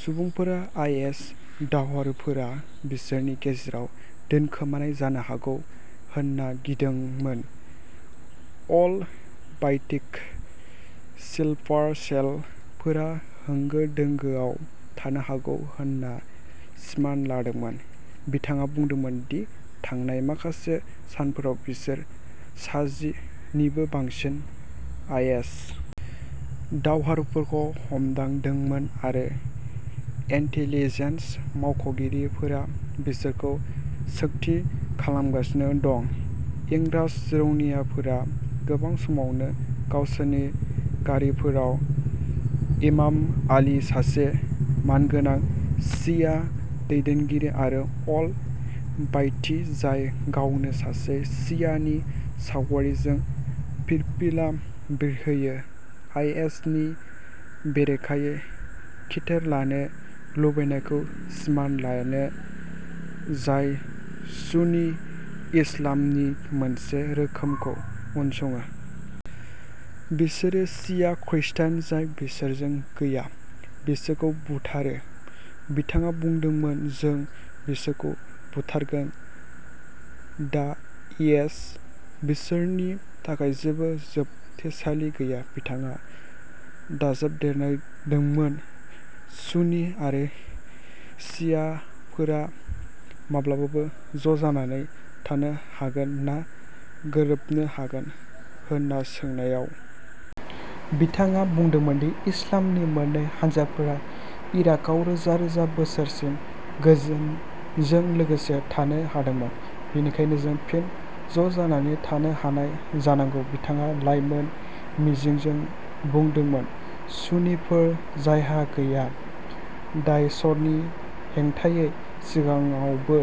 सुबुंफोरा आइएस दावहारुफोरा बिसोरनि गेजेराव दोनखोमानाय जानो हागौ होन्ना गिदोंमोन अल-बायतिख स्लिपार सेल फोरा होंगो दोंगोआव थानो हागौ होन्ना सिमान लादोंमोन बिथाङा बुंदोंमोन दि थांनाय माखासे सानफोराव बिसोर सा जि निबो बांसिन आइएस दावहारुफोरखौ हमदोंमोन आरो इन्टेलिजेन्स मावख'गिरिफोरा बिसोरखौ सोंथि खालामगासिनो दं इंरास रौनियाफोरा गोबां समावनो गावसोरनि गारिफोराव इमाम आलि सासे मानगोनां शिया दैदेनगिरि आरो अल बायती जाय गावनो सासे शिया नि सावगारिजों फिरफिला बिरहोयो आइएसनि बेरेखायै खिथेर लानो लुबैनायखौ सिमान लायो जाय सुन्नी इस्लामनि मोनसे रोखोमखौ उनसङो। बिसोरो शिया खृस्टान जाय बिसोरजों गैया बिसोरखौ बुथारो बिथाङा बुंदोंमोन जों बिसोरखौ बुथारगोन दाएस बिसोरनि थाखाय जेबो जोबथेसालि गैया बिथाङा दाजाबदेरदोंमोन सुन्नी आरो शियाफोरा माब्लाबाबो ज'जानानै थानो हागोन ना गोरोबनो हागोन होन्ना सोंनायाव बिथाङा बुंदोंमोन दि इस्लामनि मोन्नै हानजाफोरा इराकाव रोजा रोजा बोसोरसिम गोजोनजों लोगोसे थानो हादोंमोन बेनिखायनो जों फिन ज'जानानै थानो हानाय जानांगौ बिथाङा लाइमोन मिजिंजों बुंदोंमोन सुन्नीफोर जायहा गैया दाइशनि हेंथायै सिगाङावबो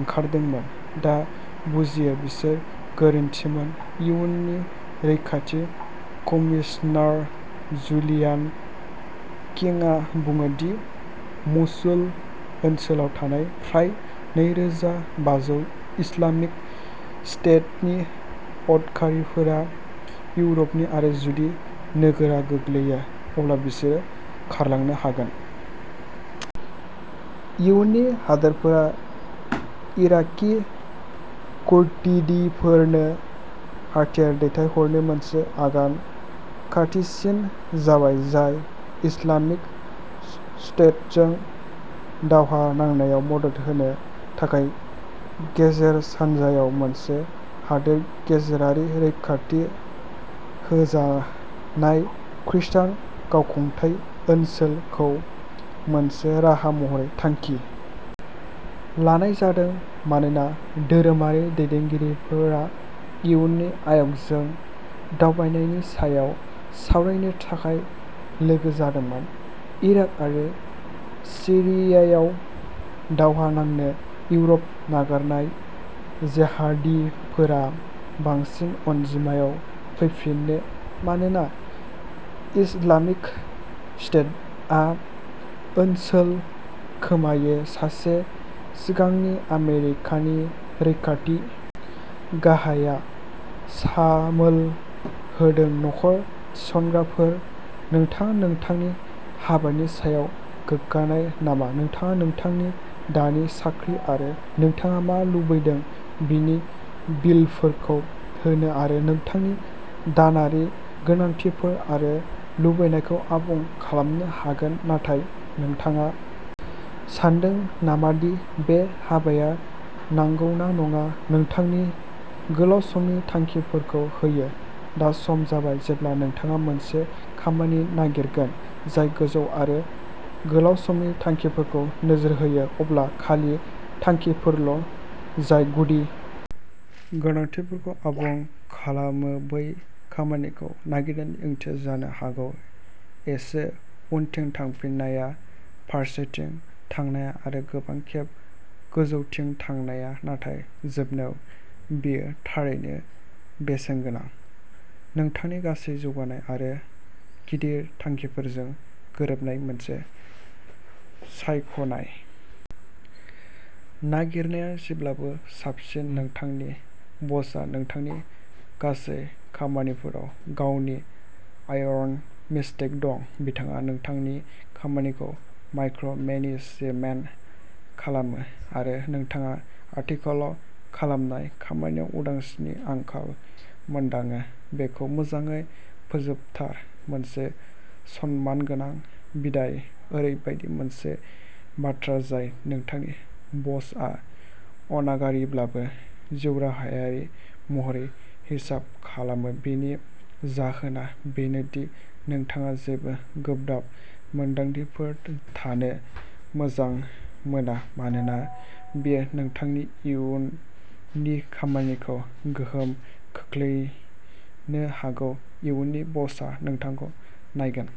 ओंखारदोंमोन दा बुजियो बिसोर गोरोन्थिमोन इयुनि रैखाथि कमिसनार जुलियान किंआ बुङो दि मसुल ओनसोलाव थानाय फ्राय नै रोजा बाजौ इस्लामिक स्टेटनि उदखारिफोरा इउर'पनि आरो जुदि नोगोरआ गोग्लैयो अब्ला बिसोर खारलांनो हागौ। इयुनि हादोरफोरा इराकी कुर्दिफोरनो हाथियार दैथायहरनो मोनसे आगान खाथिसिन जाबाय जाय इस्लामिक स्टेटजों दावहा नांनायाव मदद होनो थाखाय गेजेर सानजायाव मोनसे हादोर गेजेरारि रैखाथि होजानाय खृस्टान गावखुंथाय ओनसोल खौ मोनसे राहा महरै थांखि लानाय जादों मानोना धोरोमारि दैदेनगिरिफोरा इयुनि आय'गजों दावबायनायनि सायाव सावरायनो थाखाय लोगो जादोंमोन इराक आरो सिरियायाव दावहा नांनो इउर'प नागारनाय जेहादीफोरा बांसिन अनजिमायाव फैफिनो मानोना इस्लामिक स्टेटआ ओनसोल खोमायो सासे सिगांनि आमेरिकानि रैखाथि गाहायआ सामोल होदों नखर थिसनग्राफोर नोंथाङा नोंथांनि हाबानि सायाव गोग्गानाय नामा नोंथाङा नोंथांनि दानि साख्रि आरो नोंथाङा मा लुबैदों बिनि बिलफोरखौ होनो आरो नोंथांनि दानारि गोनांथिफोर आरो लुबैनायखौ आबुं खालामनो हागोन नाथाय नोंथाङा सानदों नामा दि बे हाबाया नंगौना नङा नोंथांनि गोलाव समनि थांखिफोरखौ होयो दा सम जाबाय जेब्ला नोंथाङा मोनसे खामानि नागिरगोन जाय गोजौ आरो गोलाव समनि थांखिफोरखौ नोजोर होयो अब्ला खालि थांखिफोरल' जाय गुदि गोनांथिफोरखौ आबुं खालामो बै खामानिखौ नागिरनायनि ओंथिया जानो हागौ एसे उनथिं थांफिननाया फारसेथिं थांनाया आरो गोबां खेब गोजौथिं थांनाया नाथाय जोबनायाव बेयो थारैनो बेसेनगोनां नोंथांनि गासै जौगानाय आरो गिदिर थांखिफोरजों गोरोबनाय मोनसे सायख'नाय नागिरनाया जेब्लाबो साबसिन नोंथांनि बसआ नोंथांनि गासै खामानिफोराव गावनि आइर'न मुष्टि दं बिथाङा नोंथांनि खामानिखौ माइक्र'मेनेजमेन्ट खालामो आरो नोंथाङा आथिखालाव खालामनाय खामानियाव उदांस्रिनि आंखाल मोनदाङो बेखौ मोजाङै फोजोबथार मोनसे सनमानगोनां बिदाइआ ओरैबायदि मोनसे बाथ्रा जाय नोंथांनि बसआ अनागारिब्लाबो जिउराहायारि महरै हिसाब खालामो बेनि जाहोना बेनो दि नोंथाङा जेबो गोब्राब मोन्दांथिफोर थानो मोजां मोना मानोना बेयो नोंथांनि इयुननि खामानिखौ गोहोम खोख्लैनो हागौ इयुननि बसआ नोंथांखौ नायगोन।